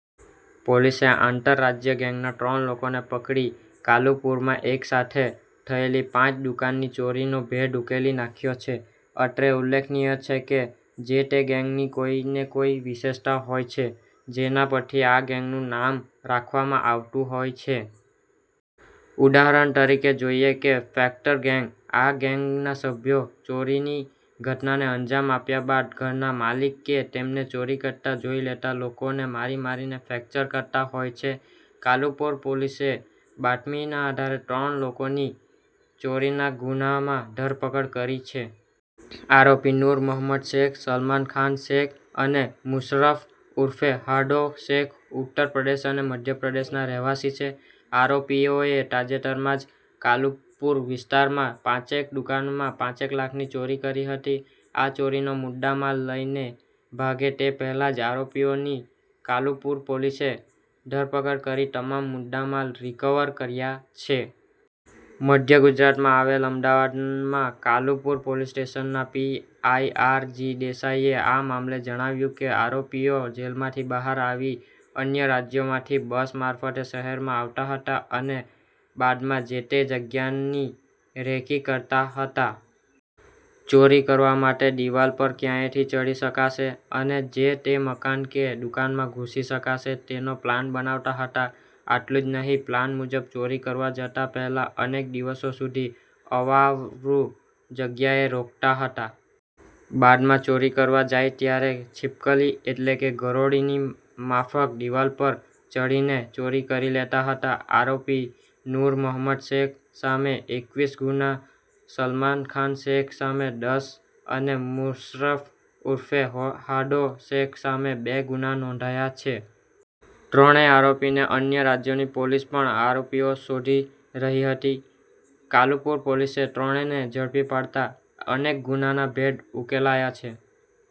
પોલીસે આંતરરાજ્ય ગેંગના ત્રણ લોકોને પકડી કાલુપુરમાં એક સાથે થયેલી પાંચ દુકાનની ચોરીનો ભેદ ઉકેલી નાખ્યો છે. અત્રે ઉલ્લેખનીય છે કે, જે તે ગેંગની કોઈને કોઈ વિશેષતા હોય છે. જેના પરથી આ ગેંગનું નામ રાખવામાં આવતું હોય છે. ઉદાહરણ તરીકે જોઈએ કે ફ્રેક્ટર ગેંગ. આ ગેંગના સભ્યો ચોરીની ઘટનાને અંજામ આપ્યા બાદ ઘરના માલિક કે તેમને ચોરી કરતા જોઈ લેતા લોકોને મારી મારીને ફ્રેક્ચર કરતા હોય છે. કાલુપુર પોલીસે બાતમી આધારે ત્રણ લોકોની ચોરીના ગુનામાં ધરપકડ કરી છે. આરોપી નૂર મહોમદ શેખ, સલમાન ખાન શેખ અને મુશરફ ઉર્ફે હાડો શેખ ઉત્તરપ્રદેશ અને મધ્યપ્રદેશના રહેવાસી છે. આરોપીઓએ તાજેતરમાં જ કાલુપુર વિસ્તારમાં પાંચેક દુકાનોમાં પાંચેક લાખની ચોરી કરી હતી. આ ચોરીનો મુદ્દામાલ લઈને ભાગે તે પહેલા જ આરોપીઓની કાલુપુર પોલીસે ધરપકડ કરી તમામ મુદ્દામાલ રિકવર કર્યો છે. મધ્ય ગુજરાતમાં આવેલ અમદાવાદમાં કાલુપુર પોલીસ સ્ટેશનના પી. આઇ. આર. જી. દેસાઈએ આ મામલે જણાવ્યું કે, આરોપીઓ જેલમાંથી બહાર આવી અન્ય રાજ્યોમાંથી બસ મારફતે શહેરમાં આવતા હતા અને બાદમાં જે તે જગ્યાની રેકી કરતા હતા. ચોરી કરવા માટે દીવાલ પર ક્યાંથી ચઢી શકાશે અને જે તે મકાન કે દુકાનમાં ઘૂસી શકાશે તેનો પ્લાન બનાવતા હતા. આટલું જ નહીં પ્લાન મુજબ ચોરી કરવા જતા પહેલા અનેક દિવસો સુધી અવાવરું જગ્યાએ રોકાતા હતા. બાદમાં ચોરી કરવા જાય ત્યારે છીપકલી એટલે કે ગરોળીની માફક દીવાલો પર ચઢીને ચોરી કરી લેતા હતા. આરોપી નૂર મહોમદ શેખ સામે એકવીસ ગુના, સલમાન ખાન શેખ સામે દસ અને મુશરફ ઉર્ફે હાડો શેખ સામે બે ગુના નોંધાયા છે. ત્રણેય આરોપીને અન્ય રાજ્યોની પોલીસ પણ આરોપીઓ શોધી રહી હતી. કાલુપુર પોલીસે ત્રણેયને ઝડપી પાડતા અનેક ગુનાના ભેદ ઉકેલાયા છે.